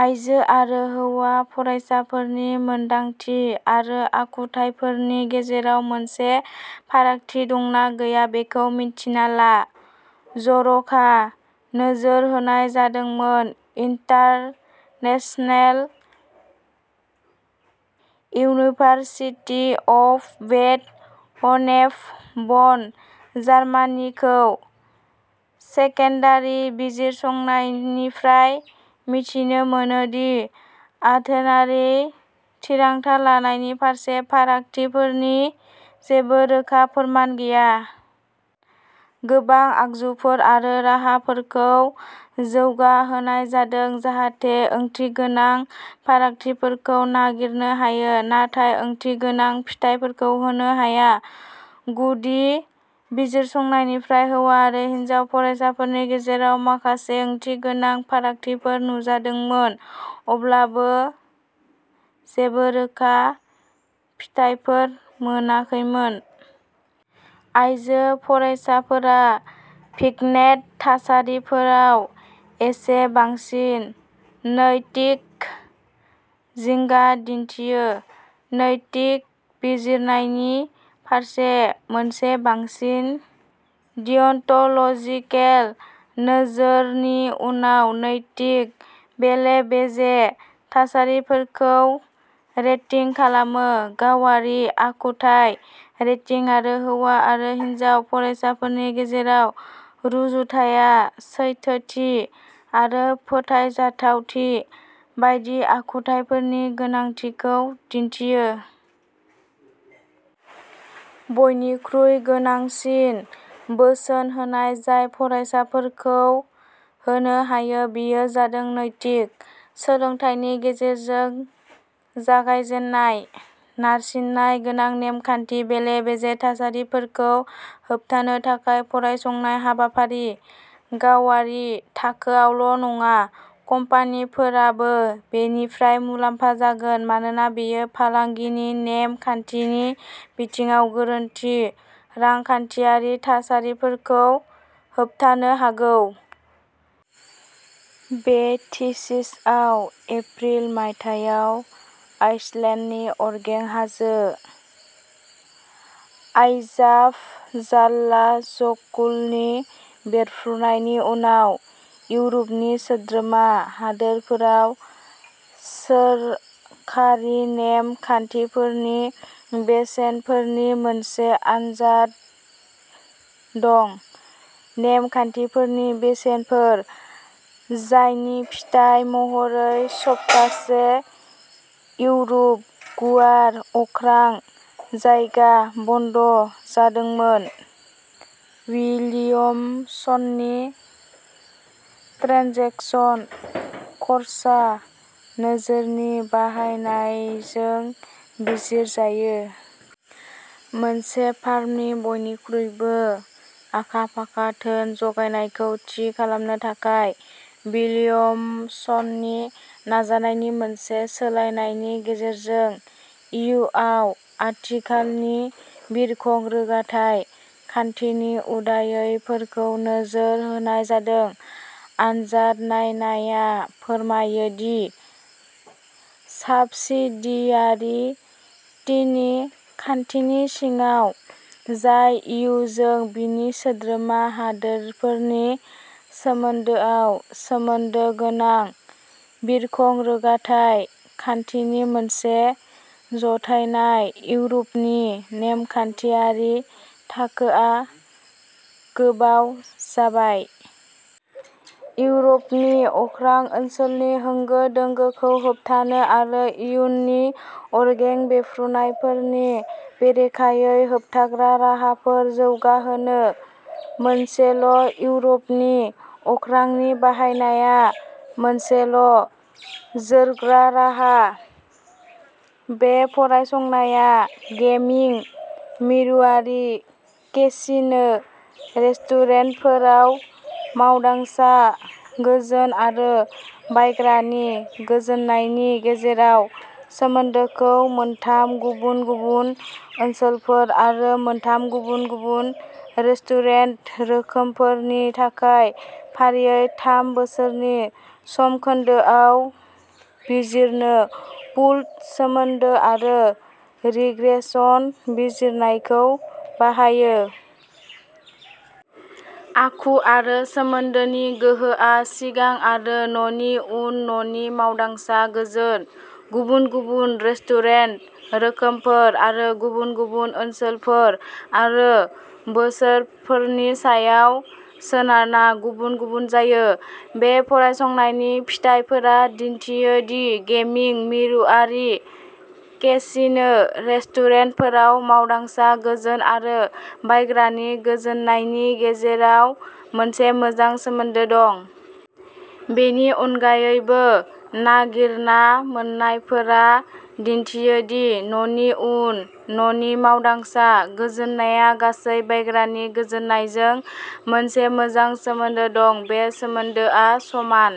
आइजो आरो हौवा फरायसाफोरनि मोनदांथि आरो आखुथायफोरनि गेजेराव मोनसे फारागथि दंना गैया बेखौ मिन्थिना ला। जर'खा नोजोर होनाय जादोंमोन international university of Bad Honnef Bonn, जार्मानिखौ। सेकेन्डारि बिजिरसंनायनिफ्राय मिथिनो मोनो दि आथोनारि थिरांथा लानायनि फारसे फारागथिफोरनि जेबो रोखा फोरमान गैया। गोबां आगजुफोर आरो राहाफोरखौ जौगा होनाय जादों, जाहाथे ओंथिगोनां फारागथिफोरखौ नागिरनो हायो, नाथाय ओंथिगोनां फिथाइफोरखौ होनो हाया। गुदि बिजिरसंनायनिफ्राय हौवा आरो हिनजाव फरायसाफोरनि गेजेराव माखासे ओंथिगोनां फारागथिफोर नुजादोंमोन, अब्लाबो जेबो रोखा फिथायफोर मोनाखैमोन। आइजो फरायसाफोरा भिग्नेट थासारिफोराव एसे बांसिन नैतिक जिंगा दिन्थियो, नैतिक बिजिरनायनि फारसे मोनसे बांसिन डियन्ट'ल'जिकेल नोजोर नि उनाव नैतिक बेले-बेजे थासारिफोरखौ रेटिं खालामो। गावारि आखुथाय रेटिं आरो हौवा आरो हिनजाव फरायसाफोरनि गेजेराव रुजुथाया सैथोथि आरो फोथायजाथावथि बायदि आखुथायफोरनि गोनांथिखौ दिन्थियो। बयनिख्रुइ गोनांसिन बोसोन होनाय जाय फरायसाफोरखौ होनो हायो बेयो जादों नैतिक सोलोंथायनि गेजेरजों जागायजेन्नाय। नारसिननाय गोनां नेम खान्थि बेले-बेजे थासारिफोरखौ होबथानो थाखाय फरायसंनाय हाबाफारि। गावारि थाखोआवल' नङा, कम्पानिफोराबो बेनिफ्राय मुलाम्फा जागोन मानोना बेयो फालांगिनि नेम खान्थिनि बिथिङाव गोरोन्थि रांखान्थियारि थासारिफोरखौ होबथानो हागौ। बे थिसिसआव एप्रिल मायथाइयाव आइसलेन्डनि अरगें हाजो आइजाफजाल्लाजकुलनि बेरफ्रुनायनि उनाव इउर'पनि सोद्रोमा हादोरफोराव सोरखारि नेम खान्थिफोरनि बेसेनफोरनि मोनसे आनजाद दं। नेम खान्थिफोरनि बेसेनफोर, जायनि फिथाय महरै सप्ताहसे इउर'प गुवार अख्रां जायगा बन्द' जादोंमोन, विलियमसननि ट्रेन्जेकसन खर्सा नोजोरनि बाहायनायजों बिजिरजायो। मोनसे फार्मनि बयनिख्रुइबो आखा-फाखा धोन जगायनायखौ थि खालामनो थाखाय विलियमसननि नाजानायनि मोनसे सोलायनायनि गेजेरजों, इयुआव आथिखालनि बिरखं रोगाथाइ खान्थिनि उदायैफोरखौ नोजोर होनाय जादों। आनजाद नायनाया फोरमायो दि साबसिडियारिटिनि खान्थिनि सिङाव, जाय इयुजों बिनि सोद्रोमा हादोरफोरनि सोमोन्दोआव सोमोन्दो गोनां, बिरखं रोगाथाइ खान्थिनि मोनसे जथायनाय इउर'पनि नेमखान्थियारि थाखोआ गोबाव जाबाय। इउर'पनि अख्रां ओनसोलनि होंगो-दोंगोखौ होबथानो आरो इयुननि अरगें बेरफ्रुनायफोरनि बेरेखायै होबथाग्रा राहाफोर जौगाहोनो, मोनसेल'इउर'पनि अख्रांनि बाहायनाया मोनसेल' जोरग्रा राहा। बे फरायसंनाया गेमिं मिरुआरि केसिनो रेस्टुरेन्टफोराव मावदांसा गोजोन आरो बायग्रानि गोजोननायनि गेजेराव सोमोन्दोखौ मोनथाम गुबुन-गुबुन ओनसोलफोर आरो मोनथाम गुबुन-गुबुन रेस्टुरेन्ट रोखोमफोर नि थाखाय फारियै थाम बोसोरनि समखोन्दोआव बिजिरनो पुल्ड सोमोन्दो आरो रिग्रेसन बिजिरनायखौ बाहायो। आखु आरो सोमोन्दोनि गोहोआ सिगां आरो न'नि उन न'नि मावदांसा गोजोन, गुबुन-गुबुन रेस्टुरेन्ट रोखोमफोर, आरो गुबुन-गुबुन ओनसोलफोर आरो बोसोरफोरनि सायाव सोनारना गुबुन-गुबुन जायो। बे फरायसंनायनि फिथायफोरा दिन्थियो दि गेमिं मिरुआरि केसिनो रेस्टुरेन्टफोराव मावदांसा गोजोन आरो बायग्रानि गोजोननायनि गेजेराव मोनसे मोजां सोमोन्दो दं। बेनि अनगायैबो, नागिरना मोन्नायफोरा दिन्थियो दि न'नि उन न'नि मावदांसा गोजोननाया गासै बायग्रानि गोजोननायजों मोनसे मोजां सोमोन्दो दं। बे सोमोन्दोआ समान।